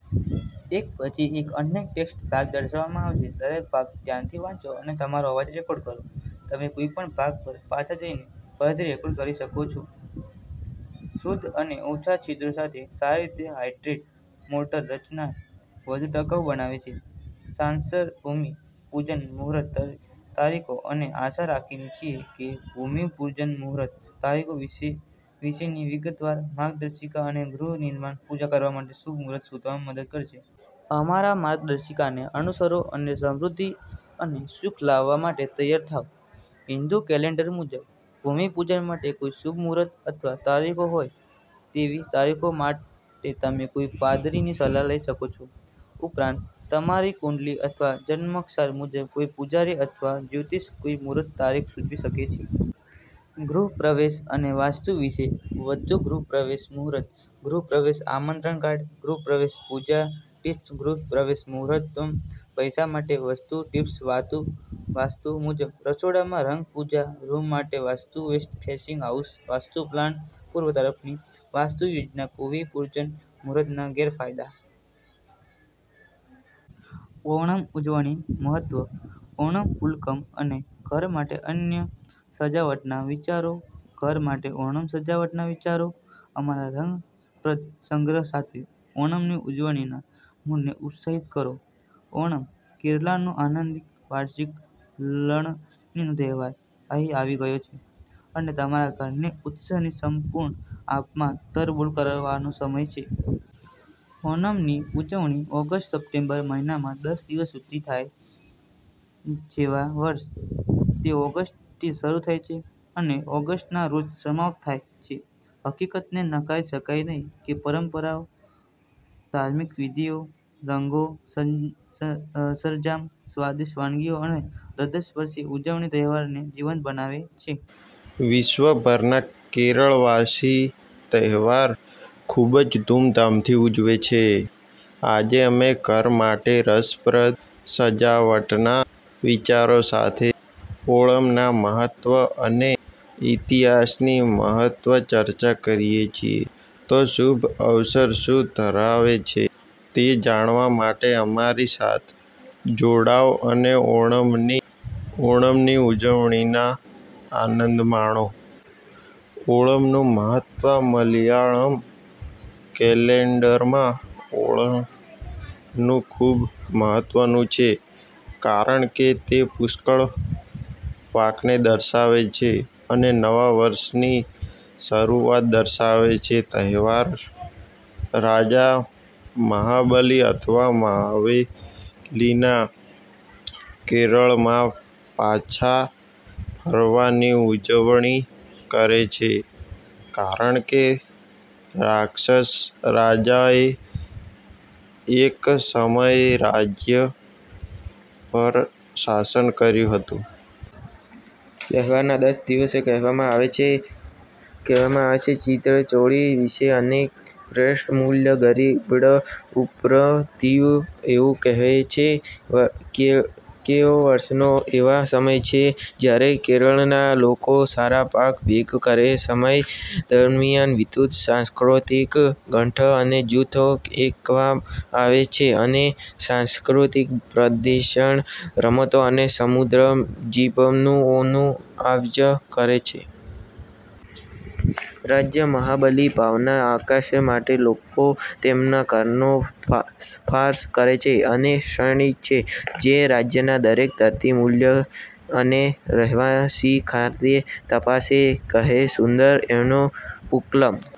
શુદ્ધ અને ઓછા છિદ્રો સાથે સારી રીતે હાઇડ્રેટેડ મોર્ટાર રચનાને વધુ ટકાઉ બનાવે છે. સારાંશભૂમિ પૂજન મુહૂર્ત તારીખો અમે આશા રાખીએ છીએ કે ભૂમિ પૂજન મુહૂર્ત તારીખો વિશેનીવિગતવાર માર્ગદર્શિકા તમને ગૃહ નિર્માણ પૂજા કરવા માટે શુભ મુહૂર્ત શોધવામાં મદદ કરશે. અમારા માર્ગદર્શિકાને અનુસરો અને સમૃદ્ધિ અને સુખ લાવવા માટે તૈયાર થાઓ. હિંદુ કેલેન્ડર મુજબ, ભૂમિપૂજન માટે કોઈ શુભ મુહૂર્ત અથવા તારીખોહોય તેવી તારીખો માટેતમે કોઈ પાદરીની સલાહ લઈ શકો છો. ઉપરાંત, તમારી કુંડળી અથવા જન્માક્ષર મુજબ, કોઈ પૂજારી અથવા જ્યોતિષ કોઈ મુહૂર્ત તારીખ સૂચવી શકે છે. ગૃહ પ્રવેશ અને વાસ્તુ વિશે વધુ ગૃહ પ્રવેશ મુહૂર્ત ગૃહ પ્રવેશ આમંત્રણ કાર્ડ ગૃહ પ્રવેશ પૂજા ટિપ્સ ગૃહપ્રવેશ મુહૂર્તમ પૈસા માટે વાસ્તુ ટિપ્સ વાસ્તુ મુજબ રસોડામાં રંગ પૂજા રૂમ માટે vastu west facing house vastu plan પૂર્વ તરફની વાસ્તુ યોજના ભૂમિ પૂજન મુહૂર્તના ગેરફાયદા+.. ઓણમ ઉજવણી મહત્વ, ઓણમ પૂકલમ અને ઘર માટે અન્ય સજાવટના વિચારો ઘર માટે ઓણમ સજાવટના વિચારોના અમારા રસપ્રદ સંગ્રહ સાથે ઓણમની ઉજવણીના મૂડને ઉત્સાહિત કરો. ઓણમ, કેરળનો આનંદી વાર્ષિક લણણીનો તહેવાર, અહીં આવી ગયો છે, અને તમારા ઘરને ઉત્સવની સંપૂર્ણ આભામાં તરબોળ કરવાનોસમય છે. ઓનમની ઉજવણી ઓગસ્ટ-સપ્ટેમ્બર મહિનામાં દસ દિવસ સુધી થાય છેઆ વર્ષે, તે ઓગસ્ટથી શરૂ થાય છે અને ઓગસ્ટના રોજ સમાપ્ત થાય છે. હકીકતને નકારી શકાય નહીં કે પરંપરાઓ, ધાર્મિક વિધિઓ, રંગો, સરંજામ, સ્વાદિષ્ટ વાનગીઓ અને હ્રદયસ્પર્શી ઉજવણી તહેવારને જીવંત બનાવે છે. વિશ્વભરના કેરળવાસીઓતહેવાર ખૂબધામધૂમથી ઉજવે છે. આજે, અમે ઘર માટે રસપ્રદ ઓણમ સજાવટના વિચારો સાથે ઓણમના મહત્વ અને ઇતિહાસની ચર્ચા કરીએ છીએ. તોશુભ અવસર શું ધરાવે છે તે જાણવા માટે અમારી સાથે જોડાઓ અને ઓણમની ઉજવણીના ઉત્સાહમાં આનંદ માણો. ઓણમનું મહત્વ મલયાલમ કેલેન્ડરમાં ઓણમનું ખૂબ મહત્વ છે કારણ કે તે પુષ્કળ પાકને દર્શાવે છે અને નવા વર્ષની શરૂઆત દર્શાવે છે. તહેવાર રાજા મહાબલી અથવા માવેલીના કેરળમાં પાછા ફરવાની ઉજવણી કરે છે કારણ કે રાક્ષસ રાજાએ એક સમયે રાજ્ય પર શાસન કર્યું હતું. તહેવારના દસ દિવસો કહેવામાં આવે છેઅથમ ચિથિરા ચોળી વિશાકમ અનીઝમ થ્રીકેટા મૂળમ ગરીબડમ ઉથરાડોમ તિરુઓનમ એવું કહેવાય છે કેવર્ષનો એવો સમય છે જ્યારે કેરળના લોકો સારો પાક ભેગો કરે છે. સમય દરમિયાન વિવિધ સાંસ્કૃતિક સંગઠનો અને જૂથો એકસાથે આવે છે અને સાંસ્કૃતિક પ્રદર્શન, રમતો અને સમુદાયની મિજબાનીઓનું આયોજન કરે છે. રાજા મહાબલિની ભાવનાને આવકારવા માટે લોકો તેમના ઘરોને સાફ કરે છે અને શણગારે છે, જે રાજ્યના દરેક ઘરની મુલાકાત લે છે અને રહેવાસીઓની સુખાકારી તપાસે છે. એક સુંદર ઓણમ પૂકલમ